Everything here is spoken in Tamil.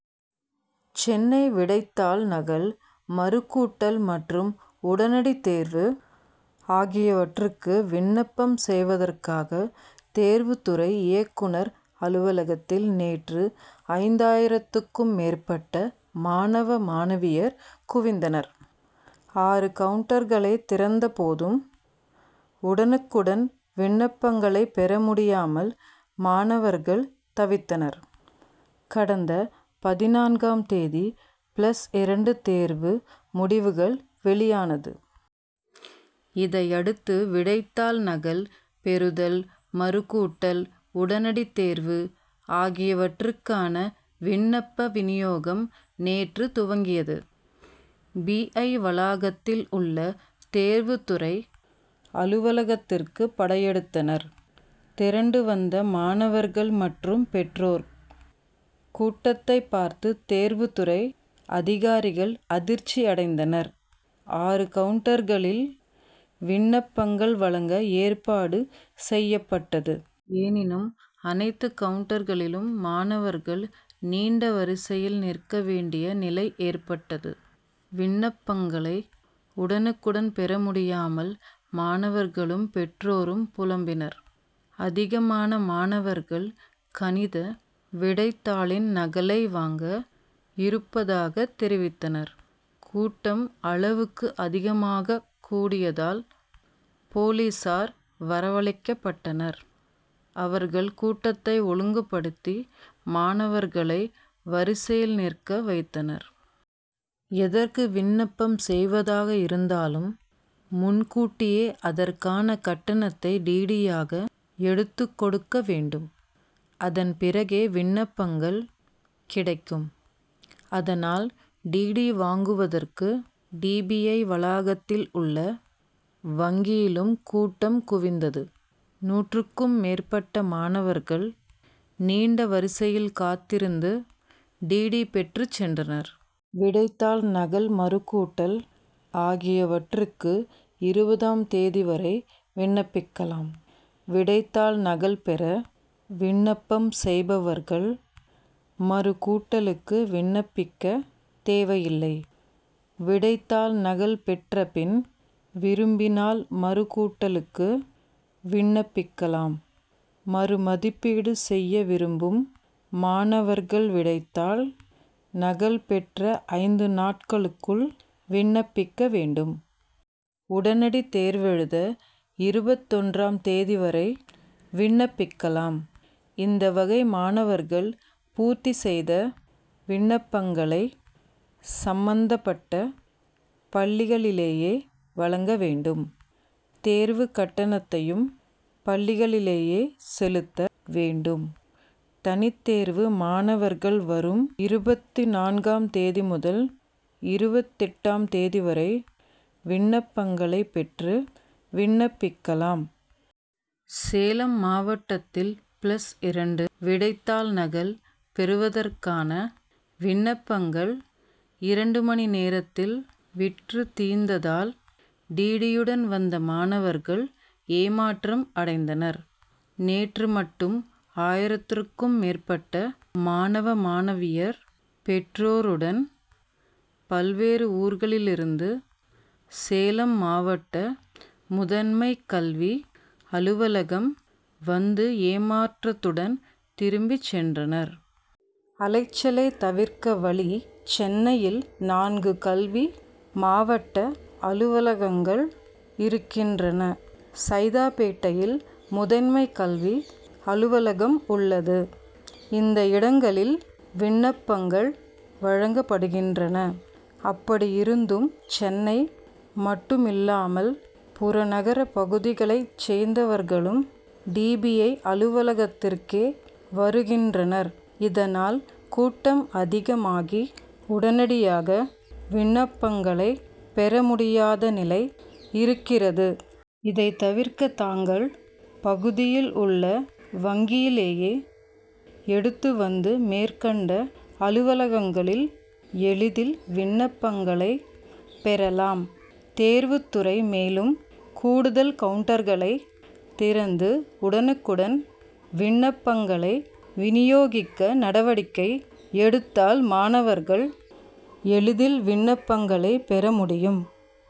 சென்னை விடைத்தாள் நகல் மறுகூட்டல் மற்றும் உடனடித் தேர்வு ஆகியவற்றுக்கு விண்ணப்பம் செய்வதற்காக தேர்வுத் துறை இயக்குனர் அலுவலகத்தில் நேற்று ஐந்தாயிரத்திற்கும் மேற்பட்ட மாணவ மாணவியர் குவிந்தனர். ஆறு கவுன்டர்களை திறந்தபோதும் உடனுக்குடன் விண்ணப்பங்களை பெற முடியாமல் மாணவர்கள் தவித்தனர். கடந்த பதினான்காம் தேதி பிளஸ் இரண்டு தேர்வு முடிவுகள் வெளியானது. இதையடுத்து விடைத்தாள் நகல் பெறுதல் மறுகூட்டல் உடனடித் தேர்வு ஆகியவற்றுக்கான விண்ணப்ப வினியோகம் நேற்று துவங்கியது. பி. ஐ. வளாகத்தில் உள்ள தேர்வுத் துறை அலுவலகத்திற்கு படையெடுத்தனர். திரண்டு வந்த மாணவர்கள் மற்றும் பெற்றோர் கூட்டத்தைப் பார்த்து தேர்வுத் துறை அதிகாரிகள் அதிர்ச்சி அடைந்தனர். ஆறு கவுன்டர்களில் விண்ணப்பங்கள் வழங்க ஏற்பாடு செய்யப்பட்டது. எனினும் அனைத்து கவுன்டர்களிலும் மாணவர்கள் நீண்ட வரிசையில் நிற்க வேண்டிய நிலை ஏற்பட்டது. விண்ணப்பங்களை உடனுக்குடன் பெற முடியாமல் மாணவர்களும் பெற்றோரும் புலம்பினர். அதிகமான மாணவர்கள் கணித விடைத்தாளின் நகலை வாங்க இருப்பதாக தெரிவித்தனர். கூட்டம் அளவுக்கு அதிகமாகக் கூடியதால் போலீசார் வரவழைக்கப்பட்டனர். அவர்கள் கூட்டத்தை ஒழுங்குபடுத்தி மாணவர்களை வரிசையில் நிற்க வைத்தனர். எதற்கு விண்ணப்பம் செய்வதாக இருந்தாலும் முன்கூட்டியே அதற்கான கட்டணத்தை டிடியாக எடுத்துக் கொடுக்க வேண்டும். அதன் பிறகே விண்ணப்பங்கள் கிடைக்கும். அதனால் டிடி வாங்குவதற்கு டி. பி. ஐ. வளாகத்தில் உள்ள வங்கியிலும் கூட்டம் குவிந்தது. முந்நூறுக்கும் மேற்பட்ட மாணவர்கள் நீண்ட வரிசையில் காத்திருந்து டிடி பெற்றுச் சென்றனர். விடைத்தாள் நகல் மறுகூட்டல் ஆகியவற்றுக்கு இருபதாம் தேதி வரை விண்ணப்பிக்கலாம். விடைத்தாள் நகல் பெற விண்ணப்பம் செய்பவர்கள் மறுகூட்டலுக்கு விண்ணப்பிக்க தேவையில்லை. விடைத்தாள் நகல் பெற்ற பின் விரும்பினால் மறுகூட்டலுக்கு விண்ணப்பிக்கலாம். மறு மதிப்பீடு செய்ய விரும்பும் மாணவர்கள் விடைத்தாள் நகல் பெற்ற ஐந்து நாட்களுக்குள் விண்ணப்பிக்க வேண்டும். உடனடித் தேர்வெழுத இருபத்தொன்றாம் தேதி வரை விண்ணப்பிக்கலாம். இந்த வகை மாணவர்கள் பூர்த்தி செய்த விண்ணப்பங்களை சம்பந்தப்பட்ட பள்ளிகளிலேயே வழங்க வேண்டும். தேர்வுக் கட்டணத்தையும் பள்ளிகளிலேயே செலுத்த வேண்டும். தனித்தேர்வு மாணவர்கள் வரும் இருபத்துநான்காம் தேதி முதல் இருபத்தெட்டாம் தேதி வரை விண்ணப்பங்களை பெற்று விண்ணப்பிக்கலாம். சேலம் மாவட்டத்தில் பிளஸ் இரண்டு விடைத்தாள் நகல் பெறுவதற்கான விண்ணப்பங்கள் இரண்டு மணி நேரத்தில் விற்று தீர்ந்ததால் டிடியுடன் வந்த மாணவர்கள் ஏமாற்றம் அடைந்தனர். நேற்று மட்டும் ஆயிரத்துக்கும் மேற்பட்ட மாணவ மாணவியர் பெற்றோருடன் பல்வேறு ஊர்களில் இருந்து சேலம் மாவட்ட முதன்மைக்கல்வி அலுவலகம் வந்து ஏமாற்றத்துடன் திரும்பி சென்றனர். அலைச்சலை தவிர்க்க வழி சென்னையில் நான்கு கல்வி மாவட்ட அலுவலகங்கள் இருக்கின்றன. சைதாப்பேட்டையில் முதன்மை கல்வி அலுவலகம் உள்ளது. இந்த இடங்களில் விண்ணப்பங்கள் வழங்கப்படுகின்றன. அப்படியிருந்தும் சென்னை மட்டுமில்லாமல் புறநகர்ப் பகுதிகளைச் சேர்ந்தவர்களும் டி. பி. ஐ. அலுவலகத்திற்கே வருகின்றனர். இதனால் கூட்டம் அதிகமாகி உடனடியாக விண்ணப்பங்களை பெற முடியாத நிலை இருக்கிறது. இதை தவிர்க்க தங்கள் பகுதியில் உள்ள வங்கியிலேயே எடுத்து வந்து மேற்கண்ட அலுவலகங்களில் எளிதில் விண்ணப்பங்களை பெறலாம். தேர்வுத் துறை மேலும் கூடுதல் கவுன்டர்களை திறந்து உடனுக்குடன் விண்ணப்பங்களை வினியோகிக்க நடவடிக்கை எடுத்தால் மாணவர்கள் எளிதில் விண்ணப்பங்களை பெற முடியும்.